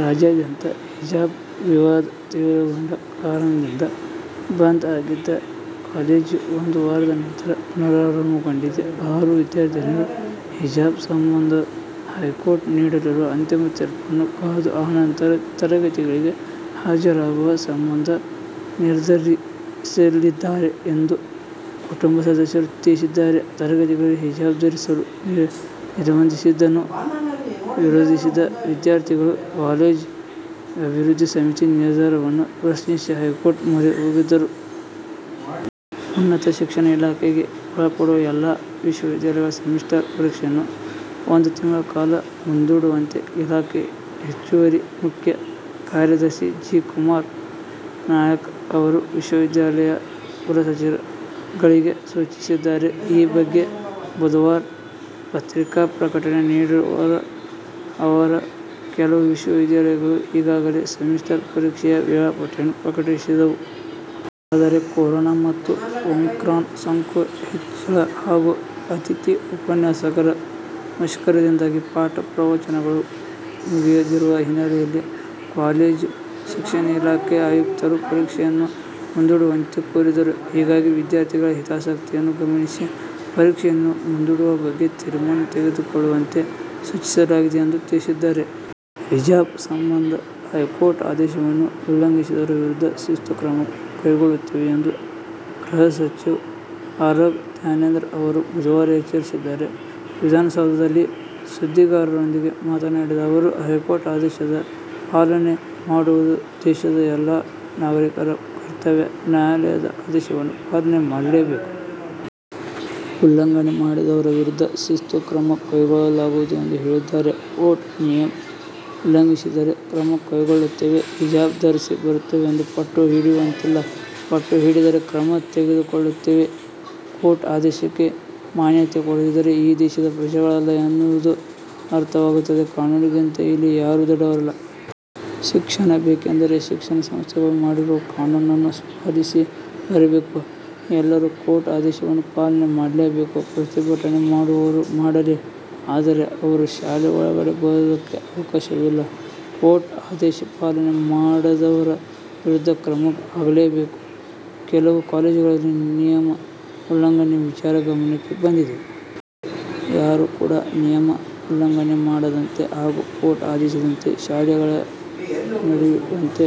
ರಾಜ್ಯಾದ್ಯಂತ ಹಿಜಾಬ್ ವಿವಾದ ತೀವ್ರಗೊಂಡ ಕಾರಣದಿಂದ ಬಂದ್ ಆಗಿದ್ದ ಕಾಲೇಜು ಒಂದು ವಾರದ ನಂತರ ಪುನಾರಂಭಗೊಂಡಿದೆ. ಆರು ವಿದ್ಯಾರ್ಥಿನಿಯರು ಹಿಜಾಬ್ ಸಂಬಂಧ ಹೈಕೋರ್ಟ್ ನೀಡಲಿರುವ ಅಂತಿಮ ತೀರ್ಪನ್ನು ಕಾದು ಆ ನಂತರ ತರಗತಿಗಳಿಗೆ ಹಾಜರಾಗುವ ಸಂಬಂಧ ನಿರ್ಧರಿಸಲಿದ್ದಾರೆ ಎಂದು ಕುಟುಂಬ ಸದಸ್ಯರು ತಿಳಿಸಿದ್ದಾರೆ. ತರಗತಿಗಳಲ್ಲಿ ಹಿಜಾಬ್ ಧರಿಸಲು ನಿರ್ಬಂಧಿಸಿದ್ದನ್ನು ವಿರೋಧಿಸಿದ ವಿದ್ಯಾರ್ಥಿಗಳು ಕಾಲೇಜು ಅಭಿವೃದ್ಧಿ ಸಮಿತಿ ನಿರ್ಧಾರವನ್ನು ಪ್ರಶ್ನಿಸಿ ಹೈಕೋರ್ಟ್ ಮೊರೆ ಹೋಗಿದ್ದರು. ಉನ್ನತ ಶಿಕ್ಷಣ ಇಲಾಖೆಗೆ ಒಳಪಡುವ ಎಲ್ಲಾ ವಿಶ್ವವಿದ್ಯಾಲಯಗಳ ಸೆಮಿಸ್ಟರ್ ಪರೀಕ್ಷೆಯನ್ನು ಒಂದು ತಿಂಗಳ ಕಾಲ ಮುಂದೂಡುವಂತೆ ಇಲಾಖೆಯ ಹೆಚ್ಚುವರಿ ಮುಖ್ಯ ಕಾರ್ಯದರ್ಶಿ ಜಿ. ಕುಮಾರ್ ನಾಯಕ್ ಅವರು ವಿಶ್ವವಿದ್ಯಾಲಯಗಳ ಕುಲಸಚಿವರುಗಳಿಗೆ ಸೂಚಿಸಿದ್ದಾರೆ. ಈ ಬಗ್ಗೆ ಬುಧವಾರ ಪತ್ರಿಕಾ ಪ್ರಕಟಣೆ ನೀಡಿರುವ ಅವರು, ಕೆಲವು ವಿಶ್ವವಿದ್ಯಾಲಯಗಳು ಈಗಾಗಲೇ ಸೆಮಿಸ್ಟರ್ ಪರೀಕ್ಷೆಯ ವೇಳಾಪಟ್ಟಿಯನ್ನು ಪ್ರಕಟಿಸಿದ್ದವು. ಆದರೆ, ಕೊರೊನಾ ಮತ್ತು ಒಮಿಕ್ರಾನ್ ಸೋಂಕು ಹೆಚ್ಚಳ ಹಾಗೂ ಅತಿಥಿ ಉಪನ್ಯಾಸಕರ ಮುಷ್ಕರದಿಂದಾಗಿ ಪಾಠ ಪ್ರವಚನಗಳು ಮುಗಿಯದಿರುವ ಹಿನ್ನೆಲೆಯಲ್ಲಿ ಕಾಲೇಜು ಶಿಕ್ಷಣ ಇಲಾಖೆ ಆಯುಕ್ತರು ಪರೀಕ್ಷೆಯನ್ನು ಮುಂದೂಡುವಂತೆ ಕೋರಿದ್ದರು. ಹೀಗಾಗಿ, ವಿದ್ಯಾರ್ಥಿಗಳ ಹಿತಾಸಕ್ತಿಯನ್ನು ಗಮನಿಸಿ, ಪರೀಕ್ಷೆಯನ್ನು ಮುಂದೂಡುವ ಬಗ್ಗೆ ತೀರ್ಮಾನ ತೆಗೆದುಕೊಳ್ಳುವಂತೆ ಸೂಚಿಸಲಾಗಿದೆ ಎಂದು ತಿಳಿಸಿದ್ದಾರೆ. ಹಿಜಾಬ್ ಸಂಬಂಧ ಹೈಕೋರ್ಟ್ ಆದೇಶವನ್ನು ಉಲ್ಲಂಘಿಸಿದವರ ವಿರುದ್ಧ ಶಿಸ್ತು ಕ್ರಮ ಕೈಗೊಳ್ಳುತ್ತೇವೆ ಎಂದು ಗೃಹ ಸಚಿವ ಆರಗ ಜ್ಞಾನೇಂದ್ರ ಅವರು ಬುಧವಾರ ಎಚ್ಚರಿಸಿದ್ದಾರೆ. ವಿಧಾನಸೌಧದಲ್ಲಿ ಸುದ್ದಿಗಾರರೊಂದಿಗೆ ಮಾತನಾಡಿದ ಅವರು, ಹೈಕೋರ್ಟ್ ಆದೇಶವ ಪಾಲನೆ ಮಾಡುವುದು ದೇಶದ ಎಲ್ಲಾ ನಾಗರೀಕರ ಕರ್ತವ್ಯ. ನ್ಯಾಯಾಲಯದ ಆದೇಶವನ್ನು ಪಾಲನೆ ಮಾಡಲೇಬೇಕು. ಉಲ್ಲಂಘನೆ ಮಾಡಿದವರ ವಿರುದ್ಧ ಶಿಸ್ತು ಕ್ರಮ ಕೈಗೊಳ್ಳಲಾಗುವುದು ಎಂದು ಹೇಳಿದ್ದಾರೆ. ಕೋರ್ಟ್ ನಿಮಯ ಉಲ್ಲಂಘಿಸಿದರೆ ಕ್ರಮಕೈಗೊಳ್ಳುತ್ತೇವೆ. ಹಿಜಾಬ್ ಧರಿಸಿ ಬರುತ್ತೇವೆಂದು ಪಟ್ಟು ಹಿಡಿಯುವಂತಿಲ್ಲ ಪಟ್ಟು ಹಿಡಿದರೆ ಕ್ರಮ ತೆಗೆದುಕೊಳ್ಳುತ್ತೇವೆ. ಕೋರ್ಟ್ ಆದೇಶಕ್ಕೆ ಮಾನ್ಯತೆ ಕೊಡದಿದ್ದರೆ ಈ ದೇಶದ ಪ್ರಜೆಗಳಲ್ಲ ಎನ್ನುವುದು ಅರ್ಥವಾಗುತ್ತದೆ. ಕಾನೂನಿಗಿಂತ ಇಲ್ಲಿ ಯಾರೂ ದೊಡ್ಡವರಲ್ಲ. ಶಿಕ್ಷಣ ಬೇಕೆಂದರೆ ಶಿಕ್ಷಣ ಸಂಸ್ಥೆಗಳು ಮಾಡಿರುವ ಕಾನೂನನ್ನು ಪಾಲಿಸಿ ಬರಬೇಕು. ಎಲ್ಲರೂ ಕೋರ್ಟ್ ಆದೇಶವನ್ನು ಪಾಲನೆ ಮಾಡಲೇಬೇಕು. ಪ್ರತಿಭಟನೆ ಮಾಡುವರು ಮಾಡಲಿ. ಆದರೆ, ಅವರು ಶಾಲೆ ಒಳಗಡೆ ಬರುವುದಕ್ಕೆ ಅವಕಾಶವಿಲ್ಲ. ಕೋರ್ಟ್ ಆದೇಶ ಪಾಲನೆ ಮಾಡದವರ ವಿರುದ್ಧ ಕ್ರಮ ಆಗಬೇಕು. ಕೆಲವು ಕಾಲೇಜುಗಳಲ್ಲಿ ನಿಯಮ ಉಲ್ಲಂಘನೆ ವಿಚಾರ ಗಮನಕ್ಕೆ ಬಂದಿದೆ. ಯಾರು ಕೂಡ ನಿಯಮ ಉಲ್ಲಂಘನೆ ಮಾಡದಂತೆ ಹಾಗೂ ಕೋರ್ಟ್ ಆದೇಶದಂತೆ ಶಾಲೆಗಳ ನಡೆಯುವಂತೆ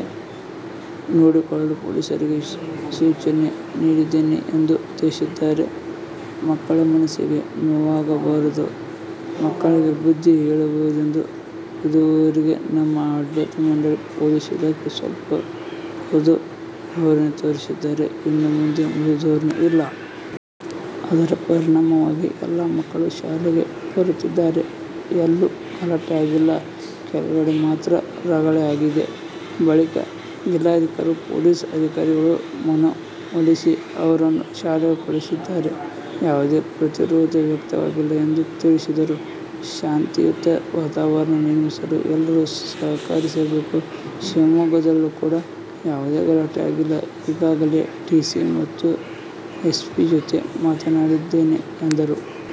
ನೋಡಿಕೊಳ್ಳಲು ಪೊಲೀಸರಿಗೆ ಸೂಚನೆ ನೀಡಿದ್ದೇನೆ ಎಂದು ತಿಳಿಸಿದ್ದಾರೆ. ಮಕ್ಕಳ ಮನಸ್ಸಿಗೆ ನೋವಾಗಬಾರದು. ಮಕ್ಕಳಿಗೆ ಬುದ್ಧಿ ಹೇಳಬಹುದೆಂದು ಇದೂವರೆಗೆ ನಮ್ಮ ಆಡಳಿತ ಮಂಡಳಿ, ಪೊಲೀಸ್ ಇಲಾಖೆ ಸ್ವಲ್ಪ ಮೃದು ಧೋರಣೆ ತೋರಿದ್ದಾರೆ. ಇನ್ನು ಮುಂದೆ ಮೃದು ಧೋರಣೆ ಇಲ್ಲ. ಅದರ ಪರಿಣಾಮವಾಗಿ ಎಲ್ಲಾ ಮಕ್ಕಳು ಶಾಲೆಗೆ ಬರುತ್ತಿದ್ದಾರೆ. ಎಲ್ಲೂ ಗಲಾಟೆ ಆಗಿಲ್ಲ. ಕೆಲವೆಡೆ ಮಾತ್ರ ರಗಳೆ ಆಗಿದೆ. ಬಳಿಕ ಜಿಲ್ಲಾಧಿಕಾರಿಗಳು, ಪೊಲೀಸ್ ಅಧಿಕಾರಿಗಳು ಮನವೊಲಿಸಿ ಅವರನ್ನು ಶಾಲೆಗೆ ಕಳುಹಿಸಿದ್ದಾರೆ. ಯಾವುದೇ ಪ್ರತಿರೋಧ ವ್ಯಕ್ತವಾಗಿಲ್ಲ ಎಂದು ತಿಳಿಸಿದರು. ಶಾಂತಿಯುತ ವಾತಾವರಣ ನಿರ್ಮಿಸಲು ಎಲ್ಲರೂ ಸಹಕರಿಸಬೇಕು. ಶಿವಮೊಗ್ಗದಲ್ಲೂ ಕೂಡ ಯಾವುದೇ ಗಲಾಟೆ ಆಗಿಲ್ಲ. ಈಗಾಗಲೇ ಡಿಸಿ ಮತ್ತು ಎಸ್'ಪಿ ಜೊತೆಗೆ ಮಾತನಾಡಿದ್ದೇನೆ ಎಂದರು.